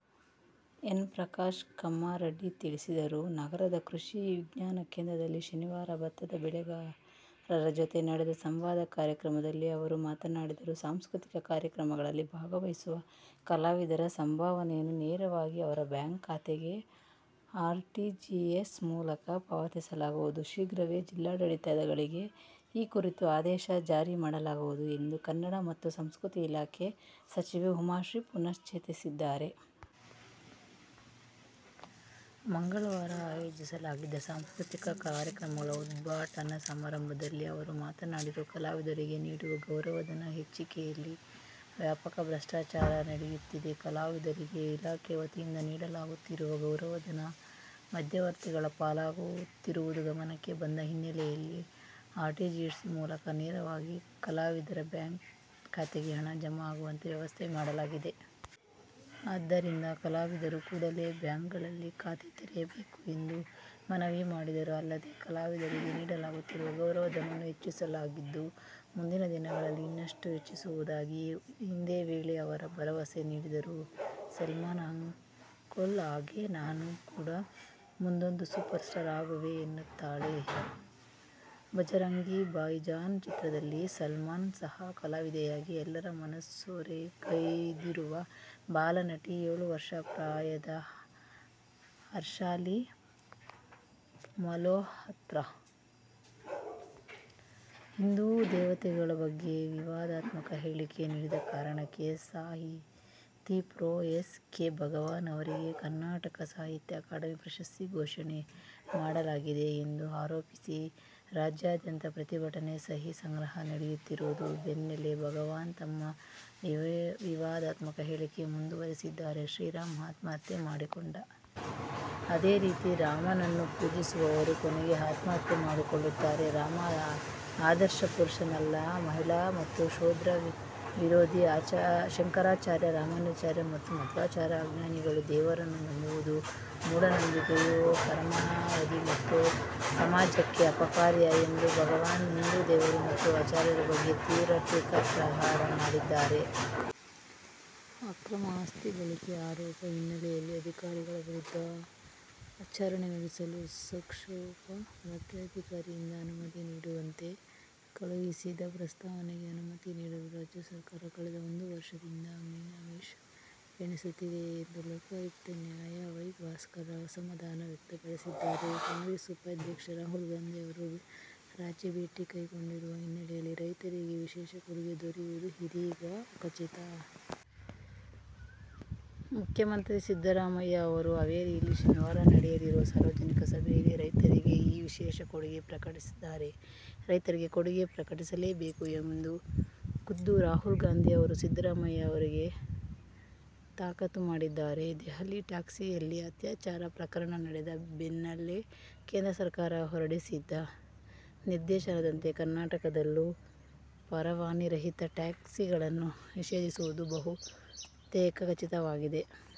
N. Prakash Kammaradi ತಿಳಿಸಿದರು. ನಗರದ ಕೃಷಿ ವಿಜ್ಞಾನ ಕೇಂದ್ರದಲ್ಲಿ ಶನಿವಾರ ಭತ್ತದ ಬೆಳೆಗಾರರ ಜೊತೆ ನಡೆದ ಸಂವಾದ ಕಾರ್ಯಕ್ರಮದಲ್ಲಿ ಅವರು ಮಾತನಾಡಿದರು. ಸಾಂಸ್ಕೃತಿಕ ಕಾರ್ಯಕ್ರಮಗಳಲ್ಲಿ ಭಾಗವಹಿಸುವ ಕಲಾವಿದರ ಸಂಭಾವನೆಯನ್ನು ನೇರವಾಗಿ ಅವರ ಬ್ಯಾಂಕ್ ಖಾತೆಗೆ ಆರ್ಟಿಜಿಎಸ್ ಮೂಲಕ ಪಾವತಿಸಲಾಗುವುದು. ಶೀಘ್ರವೇ ಜಿಲ್ಲಾಡಳಿತಗಳಿಗೆ ಈ ಕುರಿತು ಆದೇಶ ಜಾರಿ ಮಾಡಲಾಗುವುದು ಎಂದು ಕನ್ನಡ ಮತ್ತು ಸಂಸ್ಕೃತಿ ಇಲಾಖೆ ಸಚಿವೆ ಉಮಾಶ್ರೀ ಪುನರುಚ್ಚರಿಸಿದ್ದಾರೆ. ಮಂಗಳವಾರ ಆಯೋಜಿಸಲಾಗಿದ್ದ ಸಾಂಸ್ಕೃತಿಕ ಕಾರ್ಯಕ್ರಮಗಳ ಉದ್ಘಾಟನಾ ಸಮಾರಂಭದಲ್ಲಿ ಅವರು ಮಾತನಾಡಿದರು. ಕಲಾವಿದರಿಗೆ ನೀಡುವ ಗೌರವಧನದ ಹಂಚಿಕೆಯಲ್ಲಿ ವ್ಯಾಪಕ ಭ್ರಷ್ಟಾಚಾರ ನಡೆಯುತ್ತಿದೆ. ಕಲಾವಿದರಿಗೆ ಇಲಾಖೆ ವತಿಯಿಂದ ನೀಡಲಾಗುತ್ತಿರುವ ಗೌರವಧನ ಮಧ್ಯವರ್ತಿಗಳ ಪಾಲಾಗುತ್ತಿರುವುದು ಗಮನಕ್ಕೆ ಬಂದ ಹಿನ್ನೆಲೆಯಲ್ಲಿ ಆರ್ಟಿಜಿಎಸ್ ಮೂಲಕ ನೇರವಾಗಿ ಕಲಾವಿದರ ಬ್ಯಾಂಕ್ ಖಾತೆಗೆ ಹಣ ಜಮಾ ಆಗುವಂತೆ ವ್ಯವಸ್ಥೆ ಮಾಡಲಾಗಿದೆ. ಆದ್ದರಿಂದ ಕಲಾವಿದರು ಕೂಡಲೇ ಬ್ಯಾಂಕ್ಗಳಲ್ಲಿ ಖಾತೆ ತೆರೆಯಬೇಕು ಎಂದು ಮನವಿ ಮಾಡಿದರು. ಅಲ್ಲದೆ, ಕಲಾವಿದರಿಗೆ ನೀಡಲಾಗುತ್ತಿರುವ ಗೌರವಧನವನ್ನು ಹೆಚ್ಚಿಸಲಾಗಿದ್ದು, ಮುಂದಿನ ದಿನಗಳಲ್ಲಿ ಇನ್ನಷ್ಟು ಹೆಚ್ಚಿಸುವುದಾಗಿ ಇದೇ ವೇಳೆ ಅವರು ಭರವಸೆ ನೀಡಿದರು. "ಸಲ್ಮಾನ್ ಅಂಕಲ್ ಹಾಗೆ ನಾನು ಕೂಡ ಮುಂದೊಂದು ಸೂಪರ್ ಸ್ಟಾರ್ ಅಗುವೆ' ಎನ್ನುತ್ತಾಳೆ "ಬಜರಂಗಿ ಭಾಯಿಜಾನ್' ಚಿತ್ರದಲ್ಲಿ ಸಲ್ಮಾನ್ ಸಹ ಕಲಾವಿದೆಯಾಗಿ ಎಲ್ಲರ ಮನಸೂರೆಗೈದಿರುವ ಬಾಲ ನಟಿ, ಏಳು ವರ್ಷ ಪ್ರಾಯದ ಹರ್ಷಾಲಿ ಮಲ್ಹೋತ್ರಾ. ಹಿಂದೂ ದೇವತೆಗಳ ಬಗ್ಗೆ ವಿವಾದಾತ್ಮಕ ಹೇಳಿಕೆ ನೀಡಿದ ಕಾರಣಕ್ಕೆ ಸಾಹಿತಿ ಪ್ರೊ. ಎಸ್. ಕೆ. ಭಗವಾನ್ ಅವರಿಗೆ ಕರ್ನಾಟಕ ಸಾಹಿತ್ಯ ಅಕಾಡೆಮಿ ಪ್ರಶಸ್ತಿ ಘೋಷಣೆ ಮಾಡಲಾಗಿದೆ ಎಂದು ಆರೋಪಿಸಿ ರಾಜ್ಯಾದ್ಯಂತ ಪ್ರತಿಭಟನೆ, ಸಹಿ ಸಂಗ್ರಹ ನಡೆಯುತ್ತಿರುವ ಬೆನ್ನಲ್ಲೇ ಭಗವಾನ್ ತಮ್ಮ ವಿವಾದಾತ್ಮಕ ಹೇಳಿಕೆ ಮುಂದುವರಿಸಿದ್ದಾರೆ. ಶ್ರೀರಾಮ ಆತ್ಮಹತ್ಯೆ ಮಾಡಿಕೊಂಡ. ಅದೇ ರೀತಿ ರಾಮನನ್ನು ಪೂಜಿಸುವವರು ಕೊನೆಗೆ ಆತ್ಮಹತ್ಯೆ ಮಾಡಿಕೊಳ್ಳುತ್ತಾರೆ. ರಾಮ ಆದರ್ಶ ಪುರುಷನಲ್ಲ, ಮಹಿಳಾ ಮತ್ತು ಶೂದ್ರ ವಿರೋಧಿ. ಶಂಕರಾಚಾರ್ಯ, ರಾಮಾನುಜಾಚಾರ್ಯ ಮತ್ತು ಮಧ್ವಾಚಾರ್ಯರು ಅಜ್ಞಾನಿಗಳು. ದೇವರನ್ನು ನಂಬುವುದು ಮೂಢನಂಬಿಕೆಯ ಪರಮಾವಧಿ ಮತ್ತು ಸಮಾಜಕ್ಕೆ ಅಪಾಯಕಾರಿ ಎಂದು ಭಗವಾನ್ ಹಿಂದೂ ದೇವರು ಮತ್ತು ಆಚಾರ್ಯರ ಬಗ್ಗೆ ತೀವ್ರ ಟೀಕಾಪ್ರಹಾರ ಮಾಡಿದ್ದಾರೆ. ಅಕ್ರಮ ಆಸ್ತಿ ಗಳಿಕೆ ಆರೋಪ ಹಿನ್ನೆಲೆಯಲ್ಲಿ ಅಧಿಕಾರಿಗಳ ವಿರುದ್ಧ ವಿಚಾರಣೆ ನಡೆಸಲು ಸಕ್ಷಮ ಪ್ರಾಧಿಕಾರದಿಂದ ಅನುಮತಿ ನೀಡುವಂತೆ ಕಳುಹಿಸಿದ್ದ ಪ್ರಸ್ತಾವನೆಗೆ ಅನುಮತಿ ನೀಡಲು ರಾಜ್ಯ ಸರ್ಕಾರ ಕಳೆದ ಒಂದು ವರ್ಷದಿಂದ ಮೀನಮೇಷ ಎಣಿಸುತ್ತಿದೆ ಎಂದು ಲೋಕಾಯುಕ್ತ ನ್ಯಾ. ವೈ. ಭಾಸ್ಕರ್ರಾವ್ ಅಸಮಾಧಾನ ವ್ಯಕ್ತಪಡಿಸಿದ್ದಾರೆ. ಕಾಂಗ್ರೆಸ್ ಉಪಾಧ್ಯಕ್ಷ ರಾಹುಲ್ ಗಾಂಧಿ ಅವರು ರಾಜ್ಯ ಭೇಟಿ ಕೈಗೊಂಡಿರುವ ಹಿನ್ನೆಲೆಯಲ್ಲಿ ರೈತರಿಗೆ ವಿಶೇಷ ಕೊಡುಗೆ ದೊರೆಯುವುದು ಇದೀಗ ಖಚಿತ. ಮುಖ್ಯಮಂತ್ರಿ ಸಿದ್ದರಾಮಯ್ಯ ಅವರು ಹಾವೇರಿಯಲ್ಲಿ ಶನಿವಾರ ನಡೆಯಲಿರುವ ಸಾರ್ವಜನಿಕ ಸಭೆಯಲ್ಲಿ ರೈತರಿಗೆ ಈ ವಿಶೇಷ ಕೊಡುಗೆ ಪ್ರಕಟಿಸಲಿದ್ದಾರೆ. ರೈತರಿಗೆ ಕೊಡುಗೆ ಪ್ರಕಟಿಸಲೇಬೇಕು ಎಂದು ಖುದ್ದು ರಾಹುಲ್ ಗಾಂಧಿ ಅವರು ಸಿದ್ದರಾಮಯ್ಯ ಅವರಿಗೆ ತಾಕೀತು ಮಾಡಿದ್ದಾರೆ. ದೆಹಲಿ ಟ್ಯಾಕ್ಸಿಯಲ್ಲಿ ಅತ್ಯಾಚಾರ ಪ್ರಕರಣ ನಡೆದ ಬೆನ್ನಲ್ಲೇ ಕೇಂದ್ರ ಸರ್ಕಾರ ಹೊರಡಿಸಿದ ನಿರ್ದೇಶನದಂತೆ ಕರ್ನಾಟಕದಲ್ಲೂ ಪರವಾನಗಿರಹಿತ ಟ್ಯಾಕ್ಸಿಗಳನ್ನು ನಿಷೇಧಿಸುವುದು ಬಹುತೇಕ ಖಚಿತವಾಗಿದೆ.